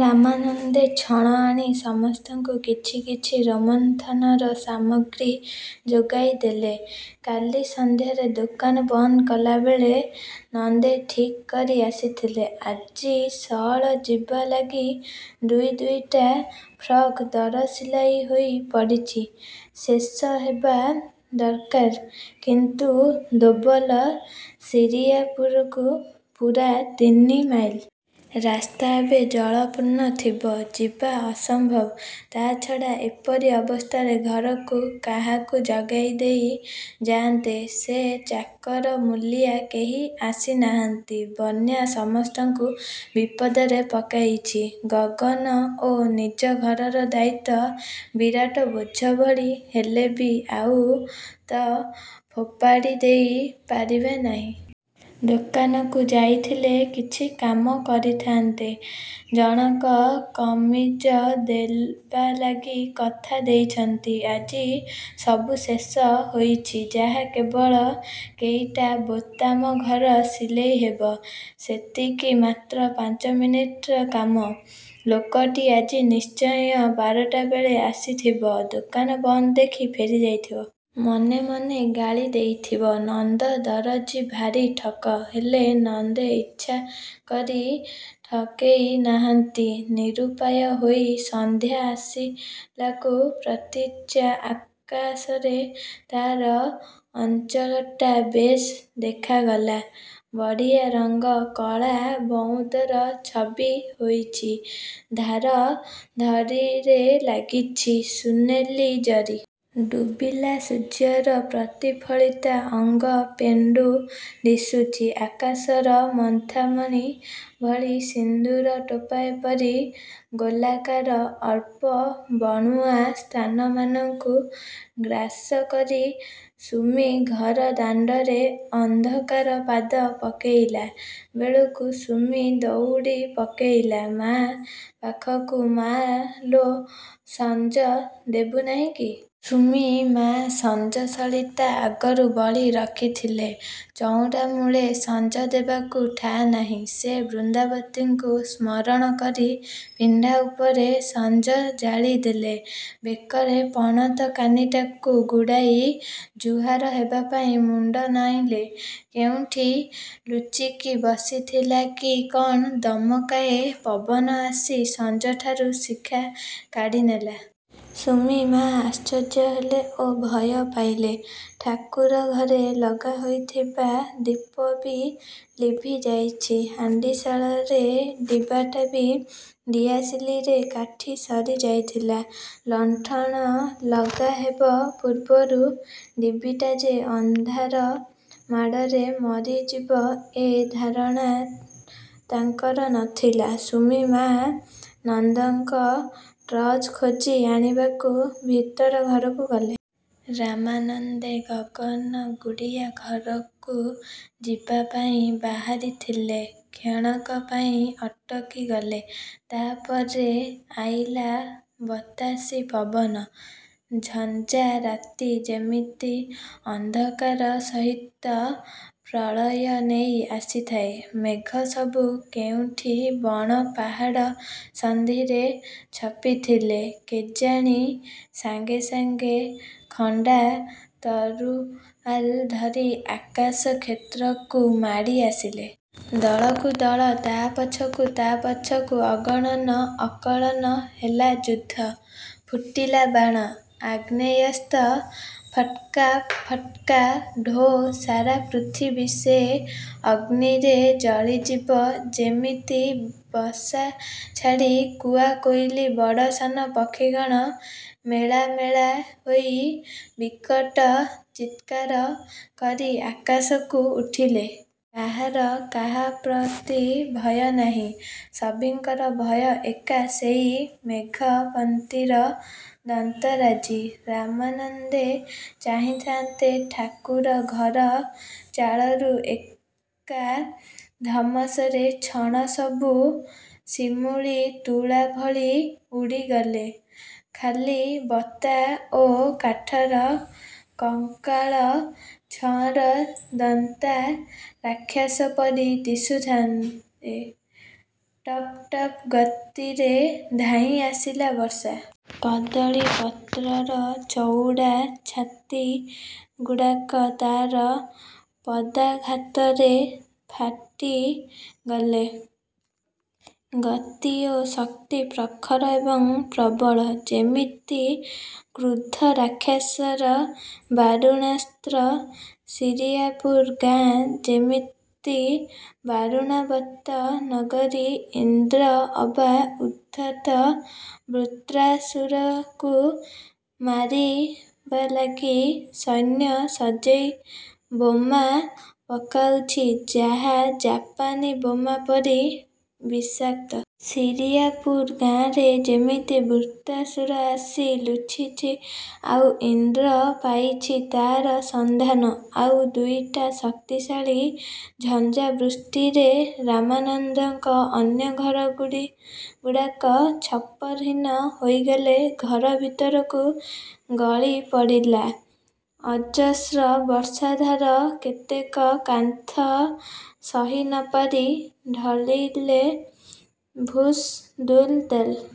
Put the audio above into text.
ରାମାନନ୍ଦେ ଛଣ ଆଣି ସମସ୍ତଙ୍କୁ କିଛି କିଛି ରୋମନ୍ଥନର ସାମଗ୍ରୀ ଯୋଗାଇ ଦେଲେ। କାଲି ସଂଧ୍ୟାରେ ଦୋକାନ ବନ୍ଦ କଲାବେଳେ ନନ୍ଦେ ଠିକ୍ କରି ଆସିଥିଲେ ଆଜି ସଅଳ ଯିବା ଲାଗି। ଦୁଇ ଦୁଇଟା ଫ୍ରକ୍ ଦରସିଲାଇ ହୋଇ ପଡ଼ିଚି। ଶେଷ ହେବା ଦର୍କାର। କିନ୍ତୁ ଦୋବଲ ଶିରିଆପୁରକୁ ପୂରା ତିନି ମାଇଲ। ରାସ୍ତା ଏବେ ଜଳପୂର୍ଣ୍ଣ ଥିବ। ଯିବା ଅସମ୍ଭବ। ତା'ଛଡ଼ା ଏପରି ଅବସ୍ଥାରେ ଘରକୁ କାହାକୁ ଜଗେଇଦେଇ ଯାଆନ୍ତେ ସେ? ଚାକର ମୂଲିଆ କେହି ଆସିନାହାନ୍ତି। ବନ୍ୟା ସମସ୍ତଙ୍କୁ ବିପଦରେ ପକେଇଛି। ଗଗନ ଓ ନିଜ ଘରର ଦାୟିତ୍ୱ ବିରାଟ ବୋଝ ଭଳି ହେଲେ ବି ଆଉ ତ ଫୋପାଡ଼ି ଦେଇ ପାରିବେ ନାହିଁ। ଦୋକାନକୁ ଯାଇଥିଲେ କିଛି କାମ କରିଥାନ୍ତେ। ଜଣକୁ କମିଜ ଦେବାଲାଗି କଥା ଦେଇଛନ୍ତି ଆଜି। ସବୁ ଶେଷ ହୋଇଚି। ଯାହା କେବଳ କେଇଟା ବୋତାମ ଘର ସିଲେଇ ହେବ। ସେତିକି ମାତ୍ର ପାଞ୍ଚମିନିଟର କାମ। ଲୋକଟି ଆଜି ନିଶ୍ଚୟ ବାରଟା ବେଳେ ଆସିଥିବ। ଦୋକାନ ବନ୍ଦ ଦେଖି ଫେରିଯାଇଥିବ। ମନେ ମନେ ଗାଳି ଦେଇଥିବ–'ନନ୍ଦ ଦରଜି ଭାରି ଠକ'। ହେଲେ ନନ୍ଦେ ଇଚ୍ଛା କରି ଠକେଇ ନାହାନ୍ତି, ନିରୁପାୟ ହୋଇ। ସନ୍ଧ୍ୟା ଆସିଲାକୁ ପ୍ରତିଚୀ ଆକାଶରେ ତା'ର ଅଞ୍ଚଳଟା ବେଶ୍ ଦେଖାଗଲା। ବଢ଼ିଆ ରଙ୍ଗ। କଳା ବଉଦର ଛବି ହୋଇଚି; ଧାର ଧଡ଼ିରେ ଲାଗିଛି ସୁନେଲି ଜରି। ଡୁବିଲା ସୂର୍ଯ୍ୟର ପ୍ରତିଫଳିତ ଅଙ୍ଗ-ପେଣ୍ଡୁ ଦିଶୁଚି ଆକାଶର ମଥାମଣି ଭଳି, ସିନ୍ଦୂର ଟୋପା ପରି ଗୋଲାକାର। ଅଳ୍ପ ବଣୁଆ ସ୍ଥାନମାନଙ୍କୁ ଗ୍ରାସ କରି ସୁମି ଘର ଦାଣ୍ଡରେ ଅନ୍ଧକାର ପାଦ ପକେଇଲା ବେଳକୁ ସୁମି ଦଉଡ଼ି ପକେଇଲା ମା' ପାଖକୁ। ମା'ଲୋ, ସଞ୍ଜ ଦେବୁ ନାହିଁ କି? ସୁମି ମା ସଞ୍ଜ ସଳିତା ଆଗରୁ ବଳି ରଖିଥିଲେ। ଚଉରାମୂଳେ ସଞ୍ଜ ଦେବାକୁ ଠା ନାହିଁ। ସେ ବୃନ୍ଦାବତୀଙ୍କୁ ସ୍ମରଣ କରି ପିଣ୍ଡା ଉପରେ ସଞ୍ଜ ଜାଳି ଦେଲେ। ବେକରେ ପଣତ କାନିଟାକୁ ଗୁଡ଼େଇ ଜୁହାର ହେବାପାଇଁ ମୁଣ୍ଡ ନଇଁଲେ। କେଉଁଠି ଲୁଚିକି ବସିଥିଲାକି କଣ ଦମକାଏ ପବନ ଆସି ସଞ୍ଜଠାରୁ ଶିଖା କାଢ଼ି ନେଲା। ସୁମି-ମା ଆଶ୍ଚର୍ଯ୍ୟ ହେଲେ ଓ ଭୟ ପାଇଲେ। ଠାକୁରଘରେ ଲଗା ହୋଇଥିବା ଦୀପ ବି ଲିଭି ଯାଇଚି। ହାଣ୍ଡିଶାଳର ଡିବାଟା ବି ଦିଆସିଲିରେ କାଠି ସରି ଯାଇଥିଲା। ଲଣ୍ଠନ ଲଗା ହେବା ପୂର୍ବରୁ ଡିବିଟା ଯେ ଅନ୍ଧାର ମାଡ଼ରେ ମରିଯିବ–ଏ ଧାରଣା ତାଙ୍କର ନଥିଲା। ସୁମି-ମା ନନ୍ଦଙ୍କ ଟର୍ଚ୍ଚ ଖୋଜି ଆଣିବାକୁ ଭିତର ଘରକୁ ଗଲେ। ରାମାନନ୍ଦେ ଗଗନ ଗୁଡ଼ିଆ ଘରକୁ ଯିବାପାଇଁ ବାହାରିଥିଲେ, କ୍ଷଣକପାଇଁ ଅଟକି ଗଲେ। ତା ପରେ ଆଇଲା ବତାସି, ପବନ, ଝଞ୍ଜା। ରାତି ଯେମିତି ଅନ୍ଧକାର ସହିତ ପ୍ରଳୟ ନେଇ ଆସିଥାଏ। ମେଘ ସବୁ କେଉଁଠି ବଣ-ପାହାଡ଼ ସନ୍ଧିରେ ଛପିଥିଲେ କେଜାଣି ସାଙ୍ଗେ ସାଙ୍ଗେ ଖଣ୍ଡା ତରୁଆଲ ଧରି ଆକାଶ କ୍ଷେତ୍ରକୁ ମାଡ଼ି ଆସିଲେ। ଦଳକୁ ଦଳ, ତା'ପଛକୁ ତା'ପଛକୁ ଅଗଣନ, ଅକଳନ। ହେଲା ଯୁଦ୍ଧ। ଫୁଟିଲା ବାଣ, ଆଗ୍ନେୟାସ୍ତ୍ର ଫଟାକ୍ ଫଟାକ୍ ଢୋ। ସାରା ପୃଥିବୀ ସେ ଅଗ୍ନିରେ ଜଳିଯିବ ଯେମିତି। ବସା ଛାଡ଼ି କୁଆ, କୋଇଲି, ବଡ଼ ସାନ ପକ୍ଷୀଗଣ ମେଳା ମେଳା ହୋଇ ବିକଟ ଚିତ୍କାର କରି ଆକାଶକୁ ଉଠିଲେ। କାହାର କାହାପ୍ରଅତି ଭୟ ନାହିଁ। ସଭିଙ୍କର ଭୟ ଏକା ସେଇ ମେଘପନ୍ତିର ଦନ୍ତରାଜି। ରାମାନନ୍ଦେ ଚାହିଁଥାନ୍ତି–ଠାକୁର ଘର ଚାଳରୁ ଏକା ଧମସରେ ଛଣ ସବୁ ଶିମୁଳି ତୁଳା ଭଳି ଉଡ଼ିଗଲେ। ଖାଲି ବତା ଓ କାଠର କଙ୍କାଳ ଛପର ଦନ୍ତା ରାକ୍ଷସ ପରି ଦିଶୁଥାଏ। ଟପ-ଟପ-ଗତିରେ ଧାଇଁ ଆସିଲା ବର୍ଷା। କଦଳୀ ପତ୍ରର ଚଉଡ଼ା ଛାତି ଗୁଡାକ ତାର ପଦାଘାତରେ ଫାଟି ଗଲେ। ଗତି ଓ ଶକ୍ତି ପ୍ରଖର ଏବଂ ପ୍ରବଳ। ଯେମିତି କ୍ରୁଦ୍ଧ ରାକ୍ଷସର ବାରୁଣାସ୍ତ୍ର। ଶିରିଆପୁର ଗାଁ ଯେମିତି ବାରୁଣାବନ୍ତ ନଗରୀ। ଇନ୍ଦ୍ର ଅବା ଉଦ୍ଧତ ବୃତ୍ରାସୁରକୁ ମାରିବାଲାଗି ସୈନ୍ୟ ସଜେଇ ବୋମା ପକାଉଛି, ଯାହା ଜାପାନୀ ବୋମା ପରି ବିଷାକ୍ତ-। ଶିରିଆପୁର ଗାଁରେ ଯେମିତି ବୃତ୍ରାସୁର ଆସି ଲୁଚିଛି, ଆଉ ଇନ୍ଦ୍ର ପାଇଛି ତା'ର ସନ୍ଧାନ। ଆଉ ଦୁଇଟା ଶକ୍ତିଶାଳୀ ଝଞ୍ଜା ବୃଷ୍ଟିରେ ରାମାନନ୍ଦଙ୍କ ଅନ୍ୟ ଘରଗୁଡାକ ଛପରହୀନ ହୋଇଗଲେ। ଘର ଭିତରକୁ ଗଳି ପଡ଼ିଲା ଅଜସ୍ର ବର୍ଷାଧାରା। କେତେକ କାନ୍ଥ ସହି ନ ପାରି ଢଳିଲେ–ଭୁସ୍, ଦୁଲ୍ ଦାଲ୍।